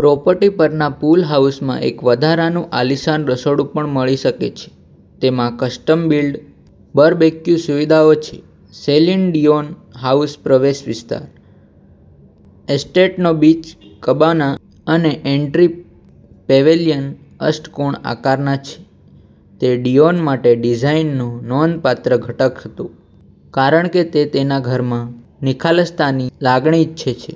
Property પરના pool હાઉસમાં એક વધારાનું આલીશાન રસોડું પણ મળી શકે છે. તેમાં કસ્ટમ-બિલ્ટ બરબેકયુ સુવિધાઓ છે. સેલિન ડીયોન હાઉસ પ્રવેશ વિસ્તાર. એસ્ટેટનો બીચ કબાના અને એન્ટ્રી પેવેલિયન અષ્ટકોણ આકારના છે. તે ડીયોન માટે ડિઝાઇનનો નોંધપાત્ર ઘટક હતો, કારણ કે તે તેના ઘરમાં નિખાલસતાની લાગણી ઇચ્છે છે.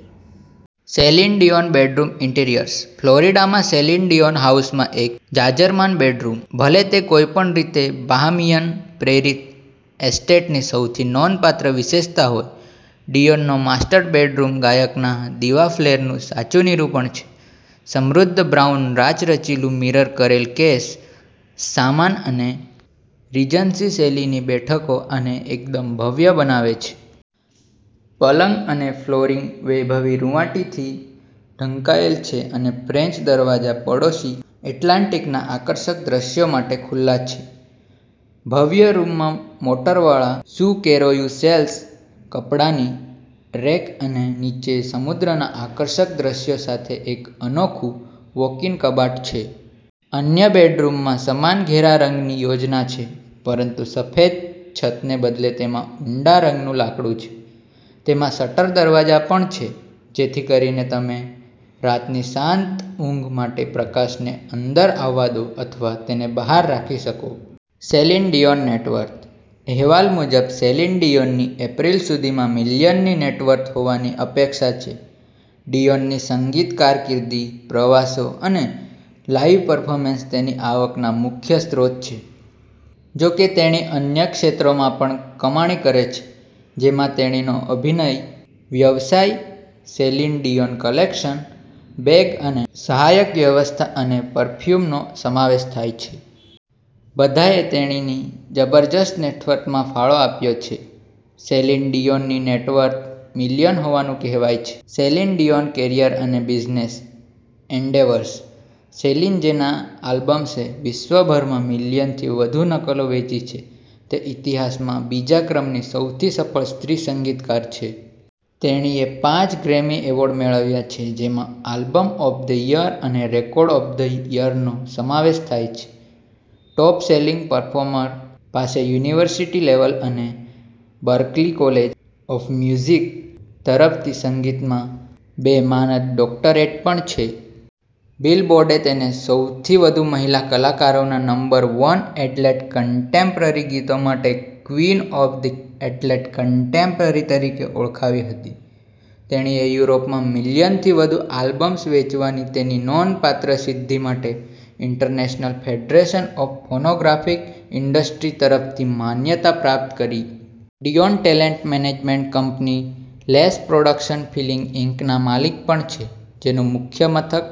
Celine Dion bedroom interiors. ફ્લોરિડામાં સેલિન ડીયોન હાઉસમાં એક જાજરમાન બેડરૂમ. ભલે તે કોઈ પણ રીતે બહામિયન-પ્રેરિત એસ્ટેટની સૌથી નોંધપાત્ર વિશેષતા હોય, ડીયોનનો માસ્ટર બેડરૂમ ગાયકના "દિવા" ફ્લેરનું સાચું નિરૂપણ છે. સમૃદ્ધ બ્રાઉન રાચરચીલું, મિરર કરેલ કેસ સામાન અને રીજન્સી-શૈલીની બેઠકો આને એકદમ ભવ્ય બનાવે છે. પલંગ અને ફ્લોરિંગ વૈભવી રુવાંટીથી ઢંકાયેલ છે, અને ફ્રેન્ચ દરવાજા પડોશી એટલાન્ટિકના આકર્ષક દૃશ્યો માટે ખુલ્લા છે. ભવ્ય રૂમમાં મોટરવાળા શૂ કેરોયુસેલ્સ, કપડાની રેક અને નીચે સમુદ્રના આકર્ષક દૃશ્યો સાથે એક અનોખું વૉક-ઇન કબાટ છે. અન્ય બેડરૂમમાં સમાન ઘેરા રંગની યોજના છે, પરંતુ સફેદ છતને બદલે, તેમાં ઊંડા રંગનું લાકડું છે. તેમાં શટર દરવાજા પણ છે જેથી કરીને તમે રાતની શાંત ઊંઘ માટે પ્રકાશને અંદર આવવા દો અથવા તેને બહાર રાખી શકો. Celine Dion net worth. અહેવાલ મુજબ, સેલિન ડીયોનની એપ્રિલ સુધીમાં મિલિયનની નેટવર્થ હોવાની અપેક્ષા છે. ડીયોનની સંગીત કારકિર્દી, પ્રવાસો અને લાઇવ પર્ફોર્મન્સ તેની આવકના મુખ્ય સ્ત્રોત છે. જો કે, તેણી અન્ય ક્ષેત્રોમાંથી પણ કમાણી કરે છે, જેમાં તેણીનો અભિનય વ્યવસાય, સેલિન ડીયોન કલેક્શન, બેગ અને સહાયક વ્યવસાય અને પરફ્યુમનો સમાવેશ થાય છે. બધાએ તેણીની જબરદસ્ત નેટવર્થમાં ફાળો આપ્યો છે. સેલિન ડીયોનની નેટવર્થ મિલિયન હોવાનું કહેવાય છે. સેલિન ડીયોન કેરિયર અને બિઝનેસ એન્ડેવર્સ. સેલિન, જેના આલ્બમ્સે વિશ્વભરમાં મિલિયનથી વધુ નકલો વેચી છે, તે ઇતિહાસમાં બીજા ક્રમની સૌથી સફળ સ્ત્રી સંગીતકાર છે. તેણીએ પાંચ ગ્રેમી એવોર્ડ મેળવ્યા છે, જેમાં આલ્બમ ઓફ ધ યર અને રેકોર્ડ ઓફ ધ યરનો સમાવેશ થાય છે. ટોપ-સેલિંગ પરફોર્મર પાસે યુનિવર્સિટી લેવલ અને બર્કલી કોલેજ ઓફ મ્યુઝિક તરફથી સંગીતમાં બે માનદ ડોક્ટરેટ પણ છે. બિલબોર્ડે તેને સૌથી વધુ મહિલા કલાકારોના નંબર-વન એડલ્ટ કન્ટેમ્પરરી ગીતો માટે "ક્વીન ઓફ એડલ્ટ કન્ટેમ્પરરી" તરીકે ઓળખાવી હતી. તેણીએ યુરોપમાં મિલિયનથી વધુ આલ્બમ્સ વેચવાની તેની નોંધપાત્ર સિદ્ધિ માટે International Federation of Phonographic Industry તરફથી માન્યતા પ્રાપ્ત કરી. Dion talent management company Les Productions Feeling Inc. ના માલિક પણ છે, જેનું મુખ્ય મથક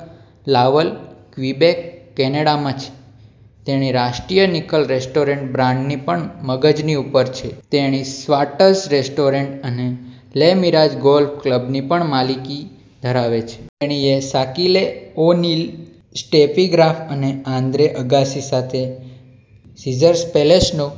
લાવલ, ક્વિબેક, કેનેડામાં છે. તેણી રાષ્ટ્રીય નિકલ રેસ્ટોરન્ટ બ્રાન્ડની પણ મગજની ઉપજ છે. તેણી શ્વાર્ટઝ રેસ્ટોરન્ટ અને લે મિરાજ ગોલ્ફ ક્લબની પણ માલિકી ધરાવે છે. તેણીએ શાકિલે ઓ'નીલ, સ્ટેફી ગ્રાફ અને આન્દ્રે અગાસી સાથે સીઝર્સ પેલેસનું